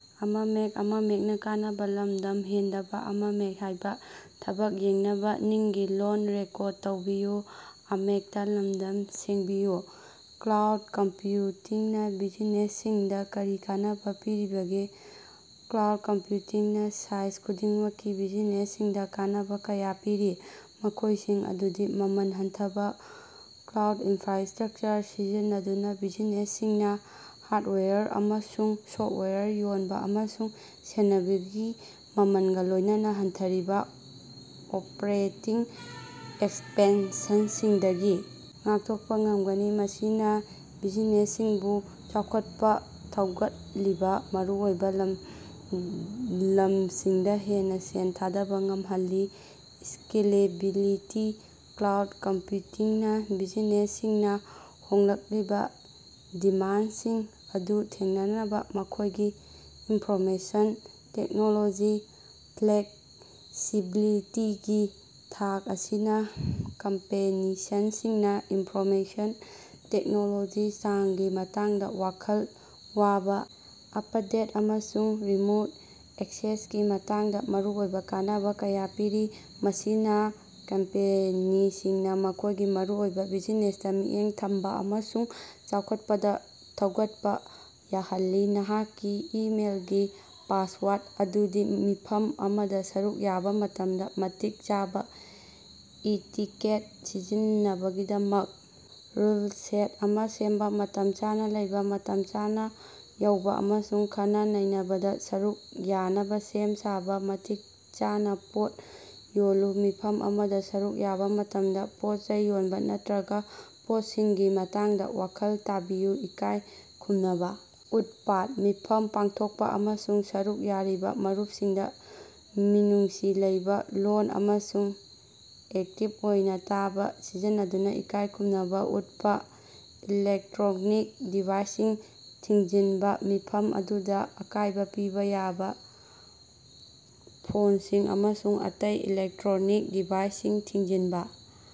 Cloud ꯀꯝꯄ꯭ꯌꯨꯇꯤꯡꯅ ꯕꯤꯖꯤꯅꯦꯁꯁꯤꯡꯗ ꯀꯔꯤ ꯀꯥꯟꯅꯕꯥ ꯄꯤꯔꯤꯕꯒꯦ? Cloud ꯀꯝꯄ꯭ꯌꯨꯇꯤꯡꯅ size ꯈꯨꯗꯤꯡꯃꯛꯀꯤ ꯕꯤꯖꯤꯅꯦꯁꯁꯤꯡꯗ ꯀꯥꯟꯅꯕ ꯀꯌꯥ ꯄꯤꯔꯤ ꯃꯈꯣꯢꯁꯤꯡ ꯑꯗꯨꯗꯤ- ꯃꯃꯜ ꯍꯟꯊꯕꯥ: ꯀ꯭ꯂꯥꯎꯗ ꯏꯟꯐ꯭ꯔꯥꯁ꯭ꯇꯔꯛꯆꯔ ꯁꯤꯖꯤꯟꯅꯗꯨꯅ ꯕꯤꯖꯤꯅꯦꯁꯁꯤꯡꯅ ꯍꯥꯔꯗꯋꯦꯌꯔ ꯑꯃꯁꯨꯡ ꯁꯣꯐꯋꯦꯌꯔ ꯌꯣꯟꯕ ꯑꯃꯁꯨꯡ ꯁꯦꯟꯅꯕꯒꯤ ꯃꯃꯜꯒꯥ ꯂꯣꯢꯅꯅ ꯍꯟꯊꯔꯤꯕ ꯑꯣꯄ꯭ꯔꯦꯇꯤꯡ ꯑꯦꯛꯁꯄꯦꯟꯁꯟꯁꯤꯡꯗꯒꯤ ꯉꯥꯛꯊꯣꯛꯄ ꯉꯝꯒꯅꯤ꯫ ꯃꯁꯤꯅ ꯕꯤꯖꯤꯅꯦꯁꯁꯤꯡꯕꯨ ꯆꯥꯎꯈꯠꯄ ꯊꯧꯒꯠꯂꯤꯕ ꯃꯔꯨꯑꯣꯏꯕ ꯂꯝ ꯂꯝꯁꯤꯡꯗ ꯍꯦꯟꯅ ꯁꯦꯜ ꯊꯥꯗꯕ ꯉꯝꯍꯜꯂꯤ꯫ ꯁ꯭ꯀꯦꯂꯦꯕꯤꯂꯤꯇꯤ: ꯀ꯭ꯂꯥꯎꯗ ꯀꯝꯞꯌꯨꯇꯤꯡꯅ ꯕꯤꯖꯤꯅꯦꯁꯁꯤꯡꯅ ꯍꯣꯡꯂꯛꯂꯤꯕ ꯗꯤꯃꯥꯟꯗꯁꯤꯡ ꯑꯗꯨ ꯊꯦꯡꯅꯅꯕꯥ ꯃꯈꯣꯢꯒꯤ ꯏꯟꯐꯣꯔꯃꯦꯁꯟ ꯇꯦꯛꯅꯣꯂꯣꯖꯤ ꯐ꯭ꯂꯦꯛꯁꯤꯕꯤꯂꯤꯇꯤꯒꯤ ꯊꯥꯛ ꯑꯁꯤꯅꯥ ꯀꯝꯄꯦꯅꯤꯁꯟꯁꯤꯡꯅꯥ ꯏꯟꯐꯣꯔꯃꯦꯁꯟ ꯇꯦꯛꯅꯣꯂꯣꯖꯤ ꯆꯥꯡꯒꯤ ꯃꯇꯥꯡꯗ ꯋꯥꯈꯜ ꯋꯥꯕ ꯑꯄꯗꯦꯠ, ꯑꯃꯁꯨꯡ ꯔꯤꯃꯣꯠ ꯑꯦꯛꯁꯦꯁꯀꯤ ꯃꯇꯥꯡꯗꯥ ꯃꯔꯨꯑꯣꯏꯕ ꯀꯥꯟꯅꯕ ꯀꯌꯥ ꯄꯤꯔꯤ ꯃꯁꯤꯅꯥ ꯀꯝꯄꯦꯅꯤꯁꯤꯡꯅ ꯃꯈꯣꯢꯒꯤ ꯃꯔꯨꯑꯣꯏꯕ ꯕꯤꯖꯤꯅꯦꯁꯇ ꯃꯤꯠꯌꯦꯡ ꯊꯝꯕ ꯑꯃꯁꯨꯡ ꯆꯥꯎꯈꯠꯄꯗ ꯊꯧꯒꯠꯄꯥ ꯌꯥꯍꯜꯂꯤ꯫ ꯅꯍꯥꯛꯀꯤ ꯏꯃꯦꯜꯒꯤ ꯄꯥꯁꯋꯥꯔꯗ ꯑꯗꯨꯗꯤ ꯃꯤꯐꯝ ꯑꯃꯗ ꯁꯔꯨꯛ ꯌꯥꯕ ꯃꯇꯝꯗ ꯃꯇꯤꯛ ꯆꯥꯕ ꯏꯇꯤꯀꯦꯠ ꯁꯤꯖꯤꯟꯅꯅꯕꯒꯤꯗꯃꯛ ꯔꯨꯜ ꯁꯦꯠ ꯑꯃꯥ ꯁꯦꯝꯕꯥ꯫ ꯃꯇꯝ ꯆꯥꯅꯥ ꯂꯩꯕꯥ: ꯃꯇꯝ ꯆꯥꯅꯥ ꯌꯧꯕꯥ ꯑꯃꯁꯨꯡ ꯈꯟꯅ-ꯅꯩꯅꯕꯗꯥ ꯁꯔꯨꯛ ꯌꯥꯅꯕ ꯁꯦꯝ-ꯁꯥꯕꯥ꯫ ꯃꯇꯤꯛ ꯆꯥꯅꯥ ꯄꯣꯠ ꯌꯣꯜꯂꯨ: ꯃꯤꯐꯝ ꯑꯃꯗ ꯁꯔꯨꯛ ꯌꯥꯕ ꯃꯇꯝꯗ ꯄꯣꯠꯆꯩ ꯌꯣꯟꯕ ꯅꯠꯇ꯭ꯔꯒ ꯄꯣꯠꯆꯩꯁꯤꯡꯒꯤ ꯃꯇꯥꯡꯗ ꯋꯥꯈꯜ ꯇꯥꯕꯤꯌꯨ꯫ ꯏꯀꯥꯏ ꯈꯨꯝꯅꯕ ꯎꯠꯄꯥ: ꯃꯤꯐꯝ ꯄꯥꯡꯊꯣꯛꯄ ꯑꯃꯁꯨꯡ ꯁꯔꯨꯛ ꯌꯥꯔꯤꯕ ꯃꯔꯨꯞꯁꯤꯡꯗ ꯃꯤꯅꯨꯡꯁꯤ ꯂꯩꯕꯥ ꯂꯣꯜ ꯑꯃꯁꯨꯡ ꯑꯦꯛꯇꯤꯚ ꯑꯣꯏꯅ ꯇꯥꯕꯥ ꯁꯤꯖꯤꯟꯅꯗꯨꯅ ꯏꯀꯥꯏ ꯈꯨꯝꯅꯕ ꯎꯠꯄ꯫ ꯏꯂꯦꯛꯇ꯭ꯔꯣꯅꯤꯛ ꯗꯤꯚꯥꯏꯁꯁꯤꯡ ꯊꯤꯡꯖꯤꯟꯕꯥ: ꯃꯤꯐꯝ ꯑꯗꯨꯗꯥ ꯑꯀꯥꯢꯕ ꯄꯤꯕꯥ ꯌꯥꯕ ꯐꯣꯟꯁꯤꯡ ꯑꯃꯁꯨꯡ ꯑꯇꯩ ꯏꯂꯦꯛꯇ꯭ꯔꯣꯅꯤꯛ ꯗꯤꯚꯥꯏꯁꯁꯤꯡ ꯊꯤꯡꯖꯤꯟꯕꯥ ꯫